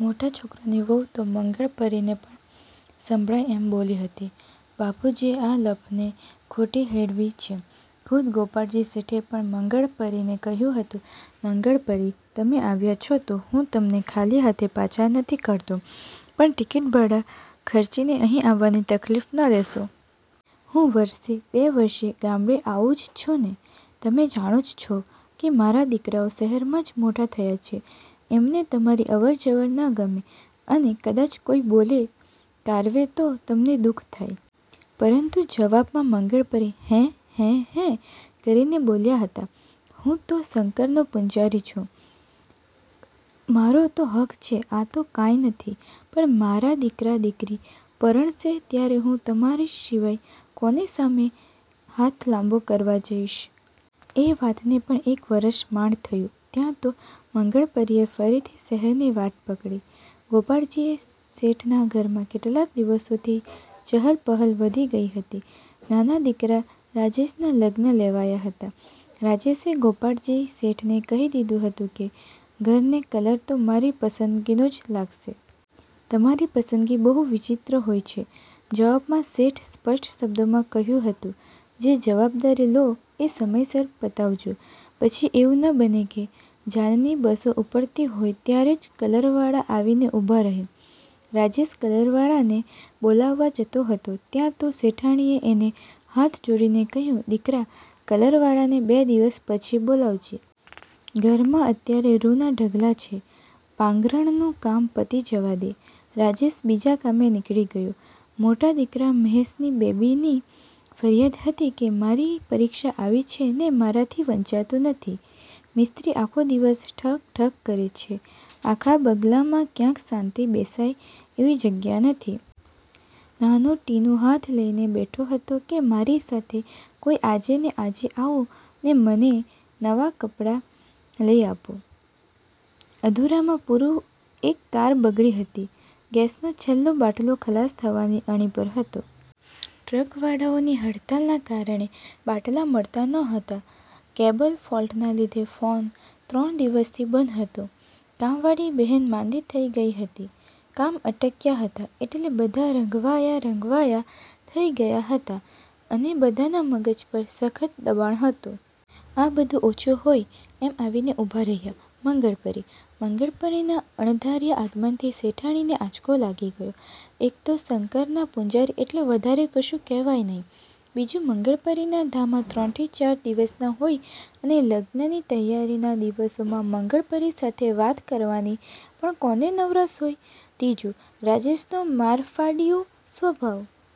મોટા છોકરાની વહુ તો મંગળપરીને પણ સંભળાય એમ બોલી હતી, "બાપુજીએ આ લપને ખોટી હેળવી છે." ખુદ ગોપાળજી શેઠે પણ મંગળપરીને કહ્યું હતું, "મંગળપરી, તમે આવ્યા છો તો હું તમને ખાલી હાથે પાછા નથી કાઢતો, પણ ટિકિટભાડાં ખર્ચીને અહીં આવવાની તકલીફ ન લેશો. હું વરસે, બે વરસે ગામડે આવું જ છુંને? તમે જાણો જ છો કે મારા દીકરાઓ શહેરમાં જ મોટા થયા છે. એમને તમારી અવરજવર ન ગમે અને કદાચ કોઈ બોલે કારવે તો તમને દુઃખ થાય." પરંતુ જવાબમાં મંગળપરી હેં-હેં-હેં કરીને બોલ્યા હતા,"હું તો શંકરનો પૂજારી છું. મારો તો હક છે. આ તો કાંઈ નથી, પણ મારા દીકરા-દીકરી પરણશે ત્યારે હું તમાંરી સિવાય કોની સામે હાથ લાંબો કરવા જાઈશ?" એ વાતને પણ એક વરસ માંડ થયું ત્યાં તો મંગળપરીએ ફરીથી શહેરની વાટ પકડી. ગોપાળજી શેઠના ઘરમાં કેટલાક દિવસોથી ચહલ-પહલ વધી ગઈ હતી. નાના દીકરા રાજેશનાં લગ્ન લેવાયાં હતાં. રાજેશે ગોપાળજી શેઠને કહી દીધું હતું કે, "ઘરને કલર તો મારી પસંદગીનો જ લાગશે. તમારી પસંદગી બહુ વિચિત્ર હોય છે." જવાબમાં શેઠે સ્પષ્ટ શબ્દોમાં કહ્યું હતું,"જે જવાબદારી લો એ સમયસર પતાવજો. પછી એવું ન બને કે જાનની બસો ઉપડતી હોય ત્યારે જ કલરવાળા આવીને ઊભા રહે." રાજેશ કલરવાળાને બોલાવવા જતો હતો ત્યાં તો શેઠાણીએ એને હાથ જોડીને કહ્યું,"દીકરા, કલરવાળાને બે દિવસ પછી બોલાવજે. ઘરમાં અત્યારે રૂ ના ઢગલા છે. પાગરણનું કામ પતી જવા દે." રાજેશ બીજા કામે નીકળી ગયો. મોટા દીકરા મહેશની બેબીની ફરિયાદ હતી કે "મારી પરીક્ષા આવી છે ને મારાથી વંચાતું નથી, મિસ્ત્રી આખો દિવસ ઠક-ઠક કરે છે, આખા બંગલામાં ક્યાંય શાંતિથી બેસાય એવી જગ્યા નથી." નાનો ટીનું હાથ લઈને બેઠો હતો કે,"મારી સાથે કોઈ આજે ને આજે આવો ને મને નવાં કપડાં લઈ આપો." અધૂરામાં પૂરું એક કાર બગડી હતી. ગેસનો છેલ્લો બાટલો ખલાસ થવાની અણી પર હતો. ટ્રકવાળાઓની હડતાલના કારણે બાટલા મળતા નહોતા. કેબલફૉલ્ટના લીધે ફોન ત્રણ દિવસથી બંધ હતો. કામવાળી બહેન માંદી થઈ ગઈ હતી. કામ અટક્યાં હતાં એટલે બધાં રઘવાયાં-રઘવાયાં થઈ ગયાં હતાં, અને બધાનાં મગજ પર સખત દબાણ હતું. આ બધું ઓછું હોય એમ આવીને ઊભા રહ્યા મંગળપરી. મંગળપરીના અણધાર્યા આગમનથી શેઠાણીને આંચકો લાગી ગયો. એક તો શંકરના પૂજારી એટલે વધારે કશું કહેવાય નહિ. બીજું, મંગળપરીના ધામા ત્રણથી ચાર દિવસના હોય અને લગ્નની તૈયારીના દિવસોમાં મંગળપરી સાથે વાત કરવાની પણ કોને નવરાશ હોય? ત્રીજું, રાજેશનો મારફાડિયો સ્વભાવ.